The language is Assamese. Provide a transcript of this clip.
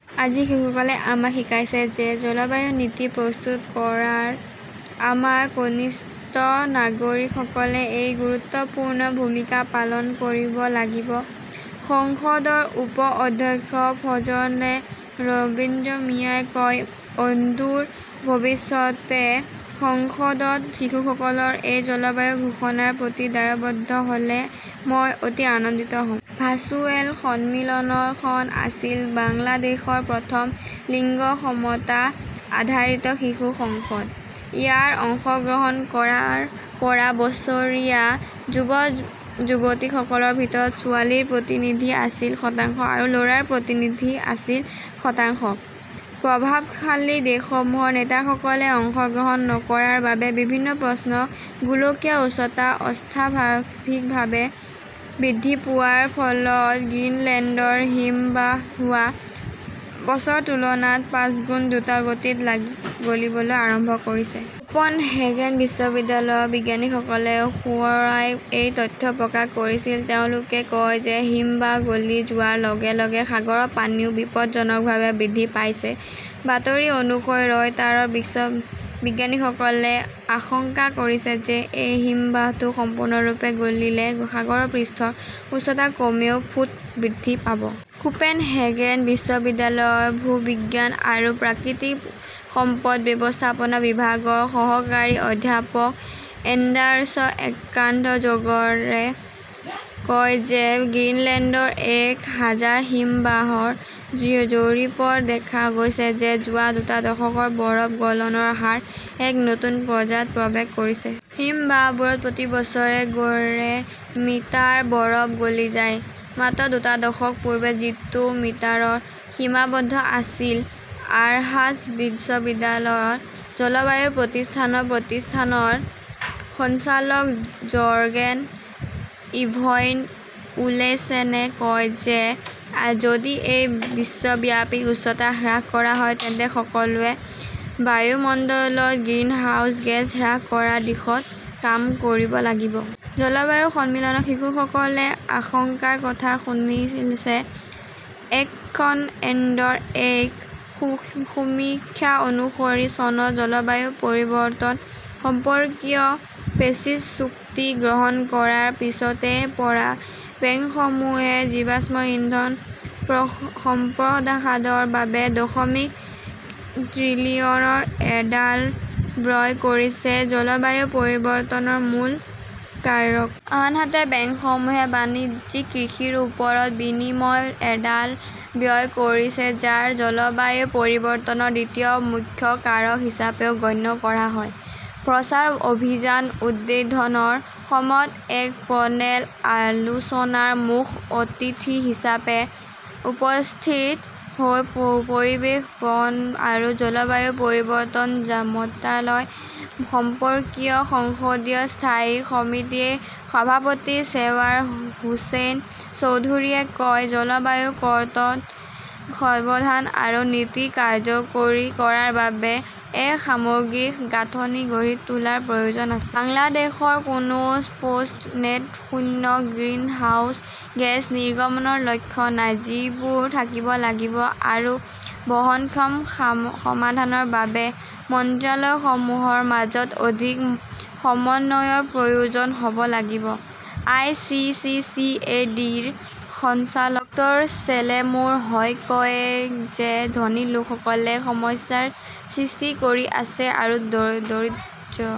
আজি শিশুসকলে আমাক শিকাইছে যে জলবায়ু নীতি প্ৰস্তুত কৰাত আমাৰ কনিষ্ঠ নাগৰিকসকলে এক গুৰুত্বপূৰ্ণ ভূমিকা পালন কৰিব লাগিব ", সংসদৰ উপ-অধ্যক্ষ ফজলে ৰব্বী মিয়াই কয়। অদূৰ ভৱিষ্যতে সংসদত শিশুসকলৰ এই জলবায়ু ঘোষণাৰ প্ৰতি দায়বদ্ধ হ "লে মই অতি আনন্দিত হ" ম। ভাৰ্চুৱেল সন্মিলনখন আছিল বাংলাদেশৰ প্ৰথম লিংগ-সমতা-আধাৰিত শিশু সংসদ। ইয়াত অংশগ্ৰহণ কৰা ৰ পৰা বছৰীয়া যুৱক-যুৱতীসকলৰ ভিতৰত ছোৱালীৰ প্ৰতিনিধি আছিল শতাংশ আৰু ল "ৰাৰ প্ৰতিনিধি আছিল শতাংশ। প্ৰভাৱশালী দেশসমূহৰ নেতাসকলে অংশগ্ৰহণ নকৰাৰ বাবে বিভিন্ন প্ৰশ্ন গোলকীয় উষ্ণতা অস্বাভাৱিকভাৱে বৃদ্ধি পোৱাৰ ফলত গ্ৰীণলেণ্ডৰ হিমবাহ যোৱা বছৰৰ তুলনাত পাঁচগুণ দ্ৰুতগতিত গলিবলৈ আৰম্ভ কৰিছে। কোপনহেগেন বিশ্ববিদ্যালয়ৰ বিজ্ঞানীসকলে শুকুৰবাৰে এই তথ্য প্ৰকাশ কৰিছিল। তেওঁলোকে কয় যে হিমবাহ গলি যোৱাৰ লগে লগে সাগৰৰ পানীও বিপদজনকভাৱে বৃদ্ধি পাইছে। বাতৰি অনুসৰি ৰয়টাৰৰ বিজ্ঞানীসকলে আশংকা কৰিছে যে এই হিমবাহটো সম্পূৰ্ণৰূপে গলিলে সাগৰৰ পৃষ্ঠৰ উচ্চতা কমেও ফুট বৃদ্ধি পাব। কোপেন হেগেন বিশ্ববিদ্যালয়ৰ ভূবিজ্ঞান আৰু প্ৰাকৃতিক সম্পদ ব্যৱস্থাপনা বিভাগৰ সহকাৰী অধ্যাপক এণ্ডাৰ্ছ এঙ্কাৰ বজৰ্কে কয় যে গ্ৰীণলেণ্ডৰ এক হাজাৰ হিমবাহৰ জৰীপত দেখা গৈছে যে যোৱা দুটা দশকত বৰফ গলনৰ হাৰ এক নতুন পৰ্যায়ত প্ৰৱেশ কৰিছে। হিমবাহবোৰত প্ৰতি বছৰে গড়ে মিটাৰ বৰফ গলি যায়। মাত্ৰ দুটা দশক পূৰ্বে যিটো মিটাৰত সীমাবদ্ধ আছিল। আৰহাছ বিশ্ববিদ্যালয়ৰ জলবায়ু প্ৰতিষ্ঠানৰ প্ৰতিষ্ঠানৰ সঞ্চালক জৰ্গেন ইভইণ্ড ওলেছেনে কয় যে যদি এই বিশ্বব্যাপী উষ্ণতা হ্ৰাস কৰা হয় তেন্তে সকলোৱে বায়ুমণ্ডলত গ্ৰিনহাউজ গেছ হ্ৰাস কৰাৰ দিশত কাম কৰিব লাগিব। জলবায়ু সন্মিলনত শিশুসকলে আশংকাৰ কথা শুনিছে একশ্যনএইডৰ এক সমীক্ষা অনুসৰি, চনত জলবায়ু পৰিৱৰ্তন সম্পৰ্কীয় পেৰিছ চুক্তি গ্ৰহণ কৰাৰ পিছৰে পৰা বেংকসমূহে জীৱাশ্ম ইন্ধন সম্প্ৰসাৰণৰ বাবে দশমিক ত্ৰিলিয়ন ডলাৰ ব্যয় কৰিছে-জলবায়ু পৰিৱৰ্তনৰ মূল কাৰক। আনহাতে, বেংকসমূহে বাণিজ্যিক কৃষিৰ ওপৰত বিলিয়ন ডলাৰ ব্যয় কৰিছে, যাক জলবায়ু পৰিৱৰ্তনৰ দ্বিতীয় মুখ্য কাৰক হিচাপেও গণ্য কৰা হয়। প্ৰচাৰ অভিযান উদ্বোধনৰ সময়ত এক পেনেল আলোচনাত মুখ্য অতিথি হিচাপে উপস্থিত হৈ পৰিৱেশ, বন আৰু জলবায়ু পৰিৱৰ্তন মন্ত্ৰালয় সম্পৰ্কীয় সংসদীয় স্থায়ী সমিতিৰ সভাপতি চেবাৰ হোসেন চৌধুৰীয়ে কয়, "জলবায়ু সংকট সমাধান আৰু নীতি কাৰ্যকৰী কৰাৰ বাবে এক সামগ্ৰিক গাঁথনি গঢ়ি তোলাৰ প্ৰয়োজন আছে। বাংলাদেশৰ কোনো স্পষ্ট নেট শূন্য গ্ৰীণহাউছ গেছ নিৰ্গমন লক্ষ্য নাই, যিবোৰ থাকিব লাগিব আৰু বহনক্ষম সমাধানৰ বাবে মন্ত্ৰালয়সমূহৰ মাজত অধিক সমন্বয়ৰ প্ৰয়োজন হ 'ব লাগিব। I. C. C. C. A. D. -ৰ সঞ্চালক ড চেলেমুল হকই কয় যে ধনী লোকসকলে সমস্যাৰ সৃষ্টি কৰি আছে আৰু দৰিদ্ৰ